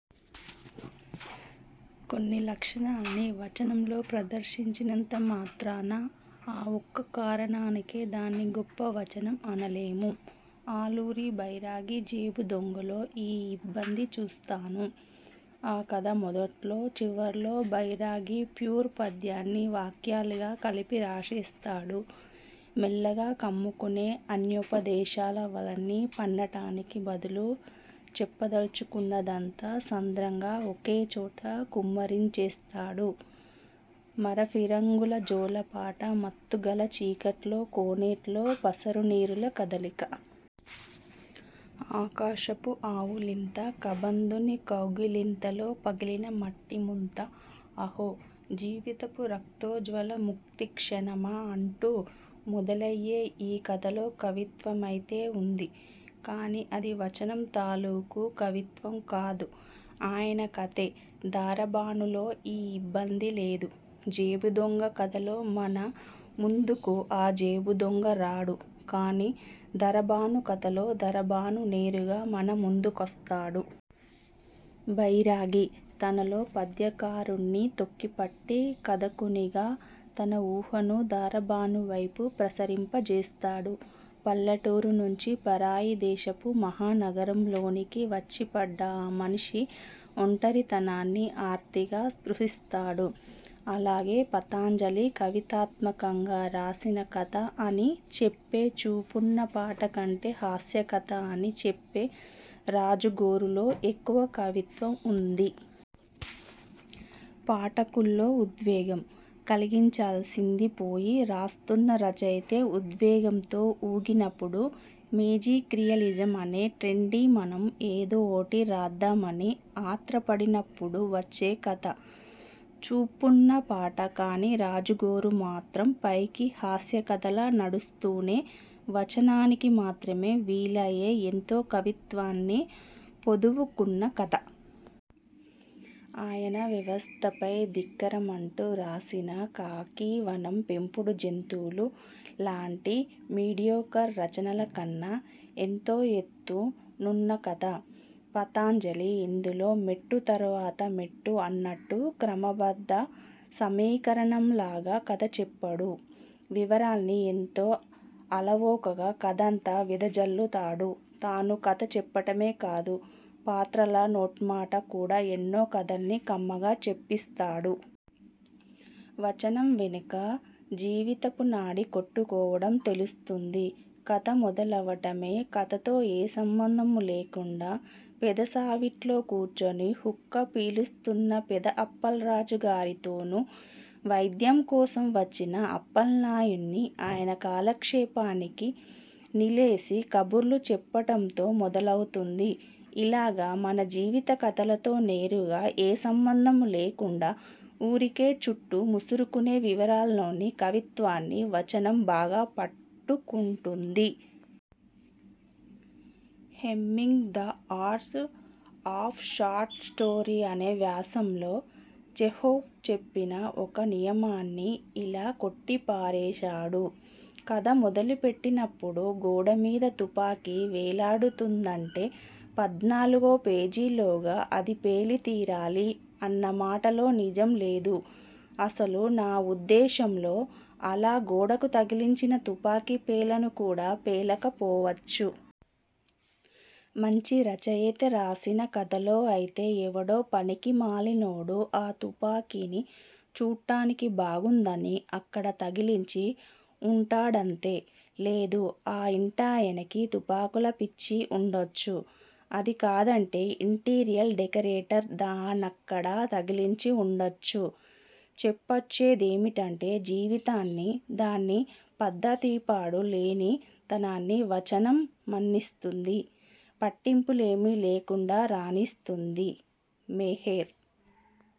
కొన్ని లక్షణాల్ని వచనంలో ప్రదర్శించినంత మాత్రాన, ఆ ఒక్క కారణానికే దాన్ని గొప్ప వచనం అనలేము. ఆలూరి బైరాగి 'జేబుదొంగ'లో ఈ ఇబ్బంది చూస్తాను. ఆ కథ మొదట్లో చివర్లో బైరాగి ప్యూర్ పద్యాన్ని వాక్యాలుగా కలిపి రాసేస్తాడు. ''మెల్లగా కమ్ముకొనే అన్యాపదేశాల వల''ని పన్నటానికి బదులు, చెప్పదల్చుకున్నదంతా సాంద్రంగా ఒకేచోట కుమ్మరించేస్తాడు: ''మరఫిరంగుల జోలపాట, మత్తుగల చీకట్ల కోనేట్లో పసరునీరుల కదలిక. ఆకాశపు ఆవులింత. కబంధుని కౌగిలింతలో పగిలిన మట్టిముంత. అహో! జీవితపు రక్తోజ్వల ముక్తిక్షణమా'' అంటూ మొదలయ్యే ఈ కథలో కవిత్వమైతే ఉంది, కానీ అది వచనం తాలూకు కవిత్వం కాదు. ఆయన కథే 'దరబాను'లో ఈ ఇబ్బంది లేదు. 'జేబుదొంగ' కథలో మన ముందుకు ఆ జేబుదొంగ రాడు, కానీ 'దరబాను' కథలో ఆ దరబాను నేరుగా మన ముందుకొస్తాడు. బైరాగి తనలోని పద్యకారుడ్ని తొక్కిపట్టి, కథకునిగా తన ఊహను దరబాను వైపు ప్రసరింపజేస్తాడు. పల్లెటూరి నుంచి పరాయి దేశపు మహా నగరంలోనికి వచ్చిపడ్డ ఆ మనిషి ఒంటరితనాన్ని ఆర్తిగా స్పృశిస్తాడు. అలాగే పతంజలి కవితాత్మకంగా రాసిన కథ అని చెప్పే 'చూపున్న పాట' కంటే, హాస్య కథ అని చెప్పే 'రాజుగోరు'లో ఎక్కువ కవిత్వం ఉంది. పాఠకుల్లో ఉద్వేగం కలిగించాల్సింది పోయి రాస్తున్న రచయితే ఉద్వేగంతో ఊగినప్పుడూ, మేజిక్రియలిజం అనే ట్రెండ్కి మనమూ ఏదోటి రాద్దామని ఆత్రపడినప్పుడూ వచ్చే కథ 'చూపున్న పాట'. కానీ 'రాజుగోరు' మాత్రం పైకి హాస్య కథలా నడుస్తూనే, వచనానికి మాత్రమే వీలయ్యే ఎంతో కవిత్వాన్ని పొదువుకున్న కథ. ఆయన వ్యవస్థపై ధిక్కారమంటూ రాసిన 'ఖాకీవనం', 'పెంపుడు జంతువులు' లాంటి మీడియోకర్ రచనల కన్నా ఎంతో ఎత్తు నున్న కథ. పతంజలి ఇందులో మెట్టు తర్వాత మెట్టు అన్నట్టు క్రమబద్ధ సమీకరణంలాగ కథ చెప్పడు. వివరాల్ని ఎంతో అలవోకగా కథంతా వెదజల్లుతాడు. తను కథ చెప్పటమే కాదు, పాత్రల నోటమ్మటా కూడా ఎన్నో కథల్ని కమ్మగా చెప్పిస్తాడు. వచనం వెనుక జీవితపు నాడి కొట్టుకోవడం తెలుస్తుంది. కథ మొదలవటమే, కథతో ఏ సంబంధమూ లేకుండా పెదసావిట్లో కూర్చుని హుక్కా పీలుస్తున్న పెద అప్పల్రాజు గారితోనూ, వైద్యం కోసం వచ్చిన అప్పల్నాయుడ్ని ఆయన కాలక్షేపానికి నిలేసి కబుర్లు చెప్పటంతోనూ మొదలవుతుంది. ఇలాగ మన జీవిత కథలతో నేరుగా ఏ సంబంధమూ లేకుండా ఊరకే చుట్టూ ముసురుకునే వివరాల్లోని కవిత్వాన్ని వచనం బాగా పట్టుకుంటుంది. Hemingway 'the art of short story' అనే వ్యాసంలో చెహోవ్ చెప్పిన ఒక నియమాన్ని ఇలా కొట్టిపారేస్తాడు: ''కథ మొదలుపెట్టినప్పుడు గోడ మీద తుపాకీ వేలాడుతోందంటే పద్నాలుగో పేజీలోగా అది పేలి తీరాలీ అన్న మాటలో నిజం లేదు. అసలు నా ఉద్దేశంలో, అలా గోడకు తగిలించిన తుపాకీ పేలను కూడా పేలకపోవచ్చు. మంచి రచయిత రాసిన కథలో ఐతే ఎవడో పనికిమాలినోడు ఆ తుపాకీని చూట్టానికి బాగుందని అక్కడ తగిలించి ఉంటాడంతే. లేదూ ఆ ఇంటాయనకి తుపాకుల పిచ్చి ఉండొచ్చు. అదీ కాదంటే, ఇంటీరియర్ డెకరేటర్ దాన్నక్కడ తగిలించి వుండొచ్చు. '' చెప్పొచ్చేదేమిటంటే- జీవితాన్నీ, దాని పద్ధతీపాడూ లేనితనాన్నీ వచనం మన్నిస్తుంది, పట్టింపులేమీ లేకుండా రానిస్తుంది. మెహెర్।